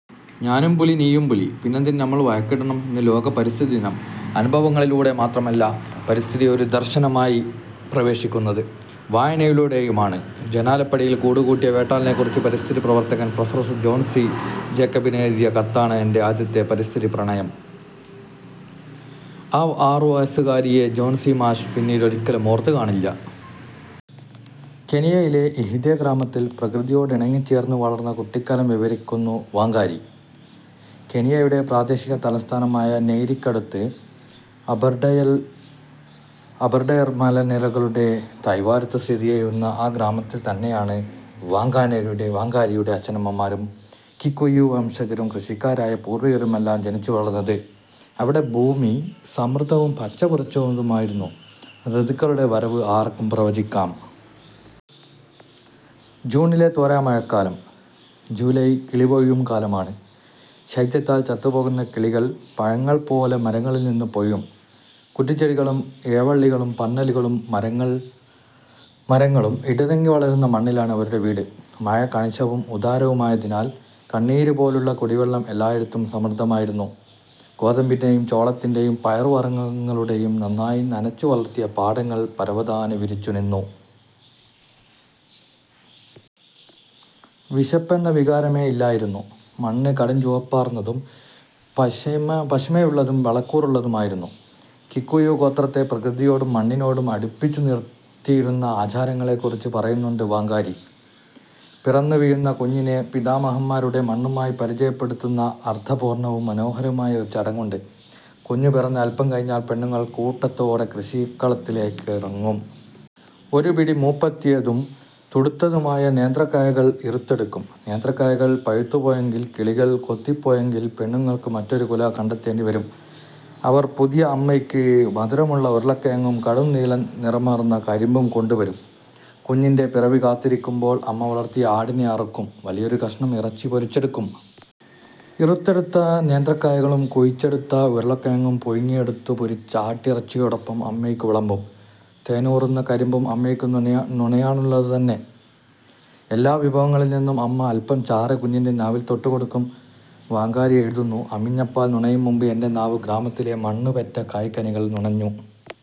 ഞാനും പുലി, നീയും പുലി; പിന്നെന്തിനു നമ്മൾ വഴക്കിടണം! ഇന്ന് ലോക പരിസ്ഥിതിദിനം. അനുഭവങ്ങളിലൂടെ മാത്രമല്ല പരിസ്ഥിതി ഒരു ദർശനമായി പ്രവേശിക്കുന്നത്; വായനയിലൂടെയുമാണ്. ജനാലപ്പടിയിൽ കൂടുകൂട്ടിയ വേട്ടാളനെക്കുറിച്ച് പരിസ്ഥിതി പ്രവർത്തകൻ പ്രഫ. ജോൺസി ജേക്കബിനെഴുതിയ കത്താണ് എന്റെ ആദ്യത്തെ പരിസ്ഥിതി പ്രണയം. ആ ആറുവയസ്സുകാരിയെ ജോൺസി മാഷ് പിന്നീടൊരിക്കലും ഓർത്തുകാണില്ല. കെനിയയിലെ ഇഹിതെ ഗ്രാമത്തിൽ പ്രകൃതിയോടിണങ്ങിച്ചേർന്നു വളർന്ന കുട്ടിക്കാലം വിവരിക്കുന്നു വാംഗാരി. കെനിയയുടെ പ്രാദേശിക തലസ്ഥാനമായ നെയ്രിക്കടുത്ത്, അബർഡയർ മലനിരകളുടെ താഴ്വാരത്തു സ്ഥിതി ചെയ്യുന്ന ആ ഗ്രാമത്തിൽ തന്നെയാണ് വാംഗാരിയുടെ അച്ഛനമ്മമാരും, കിക്കുയു വംശജരും കൃഷിക്കാരായ പൂർവികരുമെല്ലാം ജനിച്ചു വളർന്നത്. അവിടെ ഭൂമി സമൃദ്ധവും പച്ച പുതച്ചതുമായിരുന്നു. ഋതുക്കളുടെ വരവ് ആർക്കും പ്രവചിക്കാം. ജൂണിലെ തോരാമഴക്കാലം. ജൂലൈ കിളിപൊഴിയും കാലമാണ്. ശൈത്യത്താൽ ചത്തുപോകുന്ന കിളികൾ പഴങ്ങൾ പോലെ മരങ്ങളിൽ നിന്നു പൊഴിയും. കുറ്റിച്ചെടികളും ഇഴവള്ളികളും പന്നലുകളും മരങ്ങളും ഇടതിങ്ങി വളരുന്ന മണ്ണിലാണ് അവരുടെ വീട്. മഴ കണിശവും ഉദാരവുമായതിനാൽ കണ്ണീരുപോലുള്ള കുടിവെള്ളം എല്ലായിടത്തും സമൃദ്ധമായിരുന്നു. ഗോതമ്പിന്റെയും ചോളത്തിന്റെയും പയറുവർഗ്ഗങ്ങളുടെയും നന്നായി നനച്ചു വളർത്തിയ പാടങ്ങൾ പരവതാനി വിരിച്ചു നിന്നു. വിശപ്പെന്ന വികാരമേ ഇല്ലായിരുന്നു. മണ്ണ് കടുംചുവപ്പാർന്നതും പശിമയുള്ളതും വളക്കൂറുള്ളതുമായിരുന്നു. കിക്കുയു ഗോത്രത്തെ പ്രകൃതിയോടും മണ്ണിനോടും അടുപ്പിച്ചു നിർത്തിയിരുന്ന ആചാരങ്ങളെ കുറിച്ചു പറയുന്നുണ്ട് വാംഗാരി. പിറന്നുവീഴുന്ന കുഞ്ഞിനെ പിതാമഹന്മാരുടെ മണ്ണുമായി പരിചയപ്പെടുത്തുന്ന അർഥപൂർണവും മനോഹരവുമായ ഒരു ചടങ്ങുണ്ട്. കുഞ്ഞു പിറന്ന് അൽപം കഴിഞ്ഞാൽ പെണ്ണുങ്ങൾ കൂട്ടത്തോടെ കൃഷിക്കളത്തിലേക്കിറങ്ങും. ഒരു പിടി മൂപ്പെത്തിയതും തുടുത്തതുമായ നേന്ത്രക്കായകൾ ഇറുത്തെടുക്കും. നേന്ത്രക്കായകൾ പഴുത്തുപോയെങ്കിൽ, കിളികൾ കൊത്തിപ്പോയെങ്കിൽ പെണ്ണുങ്ങൾക്കു മറ്റൊരു കുല കണ്ടെത്തേണ്ടി വരും. അവർ പുതിയ അമ്മയ്ക്ക് മധുരമുള്ള ഉരുളക്കിഴങ്ങും കടുംനീലനിറമാർന്ന കരിമ്പും കൊണ്ടുവരും. കുഞ്ഞിന്റെ പിറവി കാത്തിരിക്കുമ്പോൾ അമ്മ വളർത്തിയ ആടിനെ അറുക്കും. വലിയൊരു കഷണം ഇറച്ചി പൊരിച്ചെടുക്കും. ഇറുത്തെടുത്ത നേന്ത്രക്കായകളും കുഴിച്ചെടുത്ത ഉരുളക്കിഴങ്ങും പുഴുങ്ങിയെടുത്തു പൊരിച്ച ആട്ടിറച്ചിയോടൊപ്പം അമ്മയ്ക്കു വിളമ്പും. തേനൂറുന്ന കരിമ്പും അമ്മയ്ക്ക് നുണയാനുള്ളതു തന്നെ. എല്ലാ വിഭവങ്ങളിൽ നിന്നും അമ്മ അൽപം ചാറ് കുഞ്ഞിന്റെ നാവിൽ തൊട്ടു കൊടുക്കും. വാംഗാരി എഴുതുന്നു-അമ്മിഞ്ഞപ്പാൽ നുണയും മുൻപ് എന്റെ നാവ് ഗ്രാമത്തിലെ മണ്ണു പെറ്റ കായ്കനികൾ നുണഞ്ഞു.